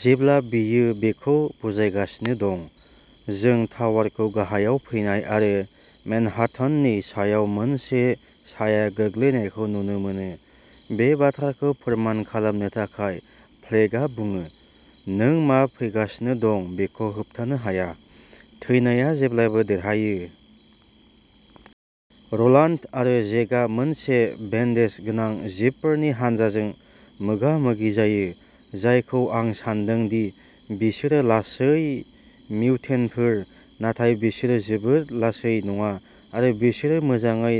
जेब्ला बियो बेखौ बुजायगासिनो दं, जों टावारखौ गाहायाव फैनाय आरो मेनहाट्टाननि सायाव मोनसे साया गोग्लैनायखौ नुनो मोनो। बे बाथ्राखौ फोरमान खालामनो थाखाय, फ्लेगआ बुङो, नों मा फैगासिनो दं बेखौ होबथानो हाया। थैनाया जेब्लाबो देरहायो। र'लान्ड आरो जेकआ मोनसे बेन्डेज गोनां जिबफोरनि हान्जाजों मोगा-मोगि जायो, जायखौ आं सान्दों दि बिसोरो लासै मिउटेन्टफोर, नाथाय बिसोरो जोबोद लासै नङा आरो बिसोरो मोजाङै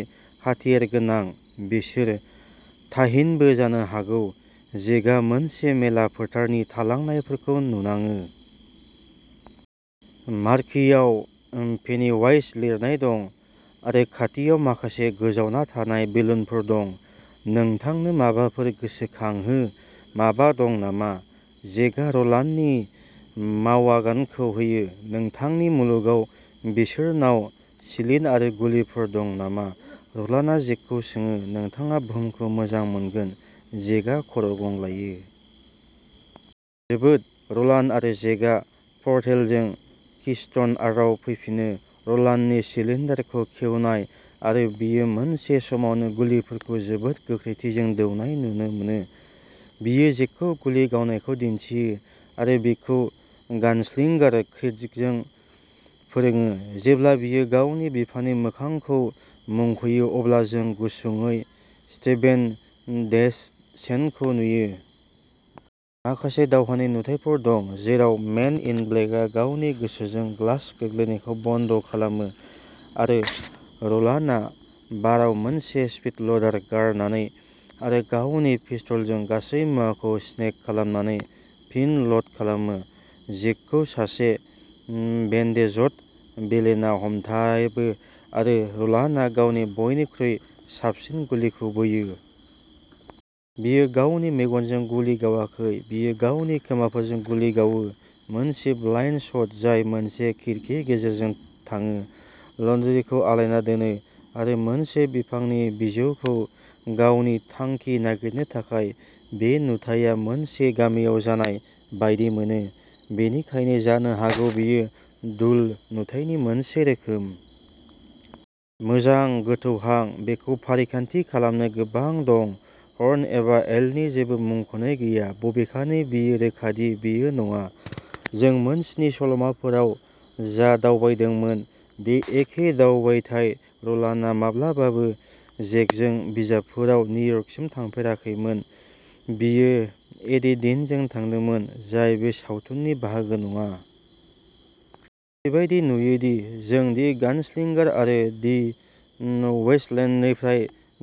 हाथियारगोनां। बिसोर ताहिनबो जानो हागौ। जेकआ मोनसे मेला फोथारनि थालांनायफोरखौ नुनाङो। मार्कीआव उम पेनिवाइज लिरनाय दं आरो खाथियाव माखासे गोजावना थानाय बेलुनफोर दं। नोंथांनो माबाफोर गोसोखांहो माबा दं नामा? जेकआ र'लान्डनि मावआगानखौ होयो। नोंथांनि मुलुगाव बिसोरनाव सिलिन आरो गुलिफोर दं नामा? र'लान्डआ जेकखौ सोङो। नोंथाङा बुहुमखौ मोजां मोनगोन जेकआ खर' गंग्लायो। जोबोद, र'लान्ड आरो जेकआ पर्टेलजों किस्ट'न आर्थआव फैफिनो। र'लान्डनि सिलिनडारखौ खेवनाय, आरो बियो मोनसे समावनो गुलिफोरखौ जोबोद गोख्रैथिजों दौनाय नुनो मोनो। बियो जेकखौ गुलि गावनायखौ दिन्थियो, आरो बिखौ गानस्लिंगारो क्रेडिगजों फोरोङो। जेब्ला बियो गावनि बिफानि मोखांखौ मुंख'यो, अब्ला जों गुसुंयै स्टेभेन डेसचेनखौ नुयो। माखासे दावहानि नुथाइफोर दं जेराव मेन इन ब्लेकआ गावनि गोसोजों ग्लास गोग्लैनायखौ बन्द' खालामो आरो र'लान्डआ बाराव मोनसे स्पीड-ल'डार गारनानै आरो गावनि पिस्तोलजों गासै मुवाखौ स्नेग खालामनानै फिन ल'ड खालामो। जेकखौ सासे उम बेन्डेजड भिलेनआ हमथाबो आरो र'लान्डआ गावनि बयनिख्रुइ साबसिन गुलिखौ बोयो। बियो गावनि मेगनजों गुलि गावाखै बियो गावनि खोमाफोरजों गुलि गावो, मोनसे ब्लाइन्ड शट जाय मोनसे खिरखि गेजेरजों थाङो, लन्ड्रिखौ आलायना दोनो आरो मोनसे बिफांनि बिजौखौ गावनि थांखि नागिरनो थाखाय। बे नुथाया मोनसे गामियाव जानाय बायदि मोनो, बेनिखायनो जानो हागौ बेयो डुल नुथायनि मोनसे रोखोम। मोजां, गोथौ हां। बेखौ फारिखान्थि खालामनो गोबां दं। हर्न एबा एल्डनि जेबो मुंख'नाय गैया, बबेखानि बेयो रोखा दि बियो नङा। जों मोनस्नि सल'माफोराव जा दावबायदोंमोन बे एखे दावबायथाय। र'लान्डआ माब्लाबाबो जेकजों बिजाबफोराव निउयर्कसिम थांफेराखैमोन बियो एडि डीनजों थांदोंमोन, जाय बे सावथुननि बाहागो नङा। ओरैबायदि नुयोदि जों दि गानस्लिंगार आरो दि उम वेस्टलेन्डनिफ्राय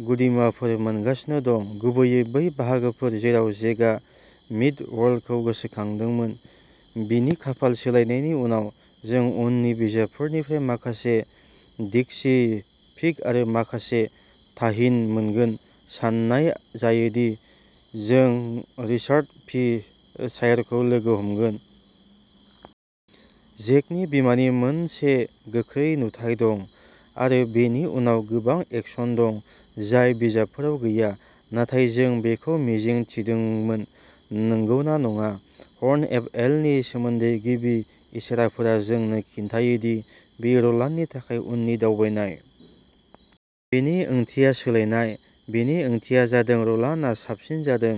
गुदिमुवाफोर मोनगासिनो दं, गुबैयै बै बाहागोफोर जेराव जेकआ मिड-वर्ल्डखौ गोसोखांदोंमोन बिनि खाफाल सोलायनायनि उनाव। जों उननि बिजाबफोरनिफ्राय माखासे डिक्सी पिग आरो माखासे ताहिन मोनगोन। सान्नाय जायो दि जों रिचार्ड पि सायरखौ लोगो हमगोन। जेकनि बिमानि मोनसे गोख्रै नुथाइ दं। आरो बेनि उनाव गोबां एक्शन दं जाय बिजाबफोराव गैया। नाथाय जों बेखौ मिजिं थिदोंमोन, नोंगौना नङा? हर्न अफ एल्डनि सोमोन्दै गिबि इसाराफोरा जोंनो खिन्थायो दि बियो र'लान्डनि थाखाय उननि दावबायनाय। बेनि ओंथिया सोलायनाय। बेनि ओंथिया जादों र'लान्डआ साबसिन जादों।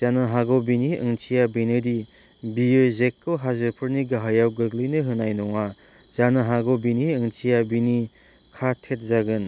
जानो हागौ बेनि ओंथिया बेनोदि बियो जेकखौ हाजोफोरनि गाहायाव गोग्लैनो होनाय नङा। जानो हागौ बेनि ओंथिया बिनि का-टेट जागोन।